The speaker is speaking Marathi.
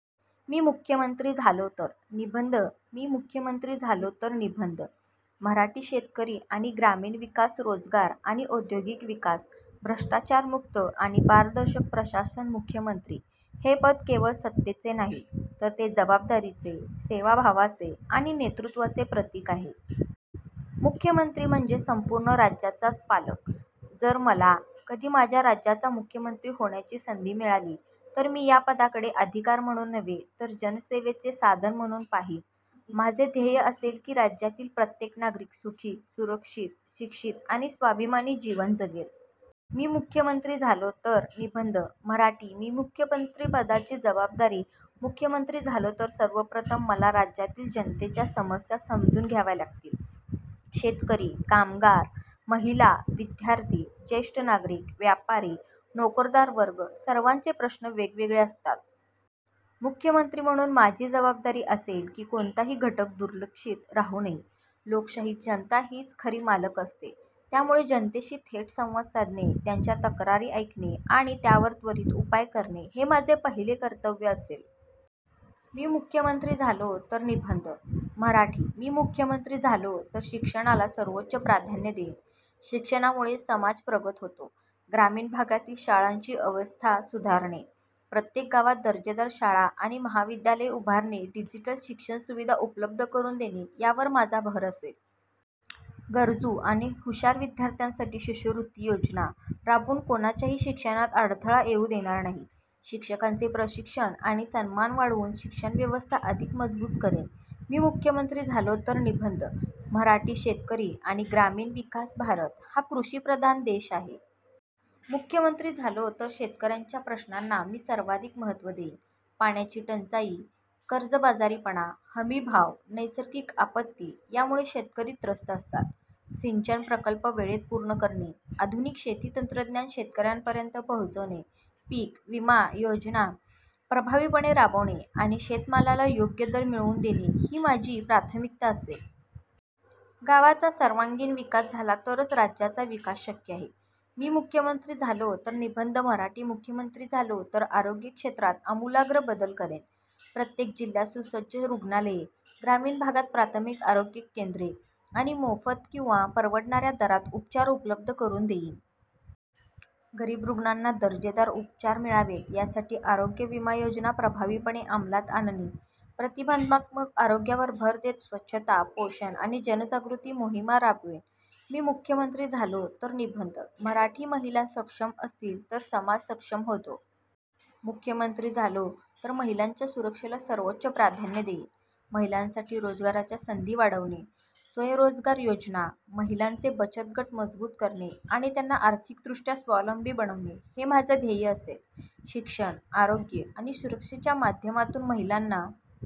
मी मुख्यमंत्री झालो तर निबंध मी मुख्यमंत्री झालो तर निबंध मराठी शेतकरी आणि ग्रामीण विकास रोजगार आणि औद्योगिक विकास भ्रष्टाचारमुक्त आणि पारदर्शक प्रशासन मुख्यमंत्री हे पद केवळ सत्तेचे नाही, तर ते जबाबदारीचे, सेवाभावाचे आणि नेतृत्वाचे प्रतीक आहे. मुख्यमंत्री म्हणजे संपूर्ण राज्याचा पालक. जर मला कधी माझ्या राज्याचा मुख्यमंत्री होण्याची संधी मिळाली, तर मी या पदाकडे अधिकार म्हणून नव्हे, तर जनसेवेचे साधन म्हणून पाहीन. माझे ध्येय असेल की राज्यातील प्रत्येक नागरिक सुखी, सुरक्षित, शिक्षित आणि स्वाभिमानी जीवन जगेल. मी मुख्यमंत्री झालो तर निबंध मराठी मुख्यमंत्री पदाची जबाबदारी मुख्यमंत्री झालो तर सर्वप्रथम मला राज्यातील जनतेच्या समस्या समजून घ्याव्या लागतील. शेतकरी, कामगार, महिला, विद्यार्थी, ज्येष्ठ नागरिक, व्यापारी, नोकरदार वर्ग, सर्वांचे प्रश्न वेगवेगळे असतात. मुख्यमंत्री म्हणून माझी जबाबदारी असेल की कोणताही घटक दुर्लक्षित राहू नये. लोकशाहीत जनता हीच खरी मालक असते, त्यामुळे जनतेशी थेट संवाद साधणे, त्यांच्या तक्रारी ऐकणे आणि त्यावर त्वरित उपाय करणे हे माझे पहिले कर्तव्य असेल. मी मुख्यमंत्री झालो तर निबंध मराठी मी मुख्यमंत्री झालो तर शिक्षणाला सर्वोच्च प्राधान्य देईन. शिक्षणामुळेच समाज प्रगत होतो. ग्रामीण भागातील शाळांची अवस्था सुधारणे, प्रत्येक गावात दर्जेदार शाळा आणि महाविद्यालये उभारणे, डिजिटल शिक्षण सुविधा उपलब्ध करून देणे यावर माझा भर असेल. गरजू आणि हुशार विद्यार्थ्यांसाठी शिष्यवृत्ती योजना राबवून कोणाच्याही शिक्षणात अडथळा येऊ देणार नाही. शिक्षकांचे प्रशिक्षण आणि सन्मान वाढवून शिक्षणव्यवस्था अधिक मजबूत करेन. मी मुख्यमंत्री झालो तर निबंध मराठी शेतकरी आणि ग्रामीण विकास भारत हा कृषिप्रधान देश आहे. मुख्यमंत्री झालो तर शेतकऱ्यांच्या प्रश्नांना मी सर्वाधिक महत्त्व देईन. पाण्याची टंचाई, कर्जबाजारीपणा, हमीभाव, नैसर्गिक आपत्ती यामुळे शेतकरी त्रस्त असतात. सिंचन प्रकल्प वेळेत पूर्ण करणे, आधुनिक शेती तंत्रज्ञान शेतकऱ्यांपर्यंत पोहोचवणे, पीक विमा योजना प्रभावीपणे राबवणे आणि शेतमालाला योग्य दर मिळवून देणे ही माझी प्राथमिकता असेल. गावांचा सर्वांगीण विकास झाला तरच राज्याचा विकास शक्य आहे. मी मुख्यमंत्री झालो तर निबंध मराठी मुख्यमंत्री झालो तर आरोग्य क्षेत्रात आमूलाग्र बदल करेन. प्रत्येक जिल्ह्यात सुसज्ज रुग्णालये, ग्रामीण भागात प्राथमिक आरोग्य केंद्रे आणि मोफत किंवा परवडणाऱ्या दरात उपचार उपलब्ध करून देईन. गरीब रुग्णांना दर्जेदार उपचार मिळावेत यासाठी आरोग्य विमा योजना प्रभावीपणे अंमलात आणेन. प्रतिबंधात्मक आरोग्यावर भर देत स्वच्छता, पोषण आणि जनजागृती मोहिमा राबवेन. मी मुख्यमंत्री झालो तर निबंध मराठी महिला सक्षम असतील तर समाज सक्षम होतो. मुख्यमंत्री झालो तर महिलांच्या सुरक्षेला सर्वोच्च प्राधान्य देईन. महिलांसाठी रोजगाराच्या संधी वाढवणे, स्वयंरोजगार योजना, महिलांचे बचत गट मजबूत करणे आणि त्यांना आर्थिकदृष्ट्या स्वावलंबी बनवणे हे माझे ध्येय असेल. शिक्षण, आरोग्य आणि सुरक्षेच्या माध्यमातून महिलांना